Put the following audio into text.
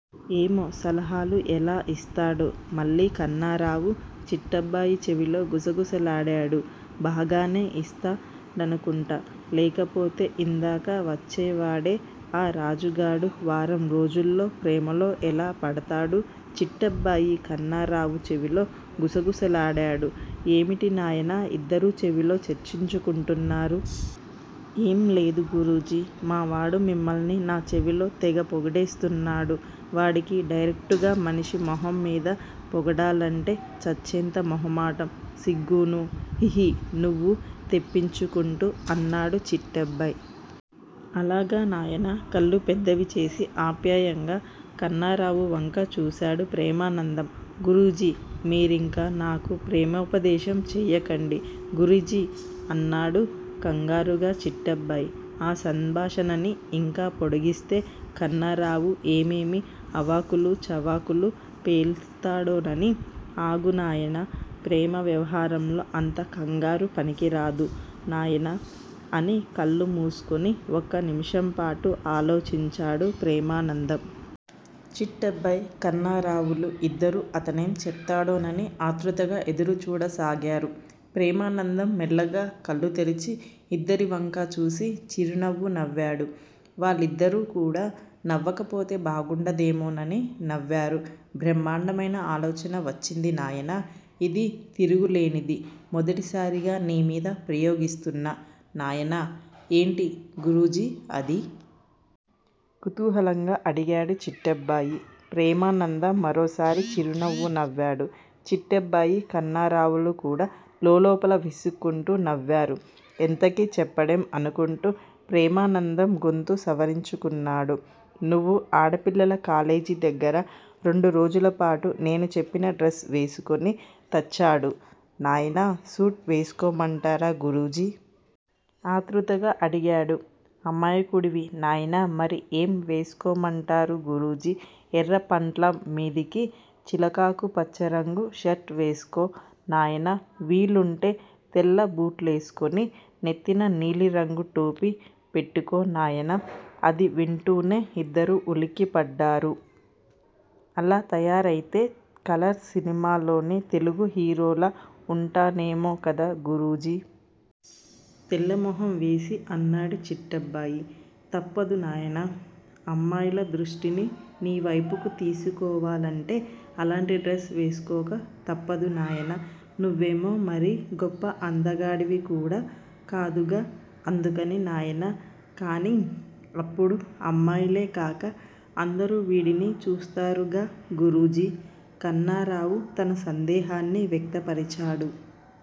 ఏమో! సలహాలు ఎలా ఇస్తాడో?? మళ్ళీ కన్నారావు చిట్టబ్బాయి చెవిలో గుసగుసలాడాడు. బాగానే ఇస్తాడనుకుంటా లేకపోతే ఇందాక వచ్చాడే ఆ రాజుగాడు వారం రోజుల్లో ప్రేమలో ఎలా పడ్తాడు? చిట్టబ్బాయి కన్నారావు చెవిలో గుసగుసలాడాడు. ఏమిటి నాయనా ఇద్దరూ చెవుల్లో చర్చించుకుంటున్నారు? ఏంలేదు గురూజీ మావాడు మిమ్మల్ని నా చెవిలో తెగ పొగిడేస్తున్నాడు వాడికి డైరెక్టుగా మనిషి మొహం మీద పొగడాలంటే చచ్చేంత మొగమాటం సిగ్గూనూ హిహి నువ్వు తెప్పించుకుంటూ అన్నాడు చిట్టబ్బాయ్. అలాగా నాయనా? కళ్ళు పెద్దవిచేసి అప్యాయంగా కన్నారావు వంక చూశాడు ప్రేమానందం. గురూజీ మీరిక నాకు ప్రేమోపదేశం చెయ్యండి గురూజీ అన్నాడు కంగారుగా చిట్టబ్బాయ్ ఆ సంభాషణని ఇంకా పొడిగిస్తే కన్నారావు ఏమేమి అవాకులూ చవాకులూ పేల్తాడోనని. అగు నాయనా ప్రేమ వ్యవహారంలో అంత కంగారు పనికిరాదు నాయనా అని కళ్ళు మూస్కుని ఒక నిముషంపాటు ఆలోచించాడు ప్రేమానందం. చిట్టబ్బాయ్ కన్నారావులు ఇద్దరూ అతనేం చెప్తాడోనని ఆతృతగా ఎదురు చూడసాగారు. ప్రేమానందం మెల్లగా కళ్ళు తెరిచి ఇద్దరి వంకా చూసి చిరునవ్వు నవ్వాడు. వాళ్ళిద్దరూ కూడా నవ్వకపోతే బాగుండదేమోనని నవ్వారు. బ్రహ్మండమైన ఆలోచన వచ్చింది నాయనా ఇది తిరుగులేనిది మొదటిసారిగా నీ మీద ప్రయోగిస్తున్నా నాయనా ఏంటి గురూజీ అది? కుతూహలంగా అడిగాడు చిట్టబ్బాయి. ప్రేమానందం మరోసారి చిరునవ్వు నవ్వాడు. చిట్టబ్బాయి, కన్నారావులు కూడా లోలోపల విసుక్కుంటూ నవ్వారు. ఎంతకీ చెప్పడేం అనుకుంటూ. ప్రేమానందం గొంతు సవరించుకున్నాడు. నువ్వు ఆడపిల్లల కాలేజీ దగ్గర రెండు రోజులపాటు నేను చెప్పిన డ్రెస్ వేస్కుని తచ్చాడు నాయన సూట్ వేస్కోమంటారా గురూజీ? ఆతృతంగా అడిగాడు. అమాయకుడివి నాయనా మరి ఏం వేస్కోమంటారు గురూజీ? ఎర్రపంట్లాం మీదికి చిలకాకు పచ్చరంగు షర్టు వేస్కో నాయనా వీలుంటే తెల్లబూట్లేస్కునినెత్తిన నీలిరంగు టోపీ పెట్టుకో నాయన అది వింటూనే ఇద్దరూ ఉలిక్కిపడ్డారు. అలా తయారైతే కలర్ సినిమాలోని తెలుగు హీరోలా ఉంటానేమో కద గురూజీ? తెల్లమొహం వేసి అన్నాడు చిట్టబ్బాయి. తప్పదు నాయనా అమ్మాయిల దృష్టిని నీవైపుకి తిప్పుకోవాలంటే అలాంటి డ్రెస్ వేస్కోక తప్పదు నాయనా నువ్వేమో మరీ గొప్ప అందగాడివి కూడా కాదుగా అందుకని నాయనా కానీ అప్పుడు అమ్మాయిలే కాక అందరూ వీడిని చూస్తారుగా గురూజీ? కన్నారావు తన సందేహాన్ని వ్యక్తపరిచాడు.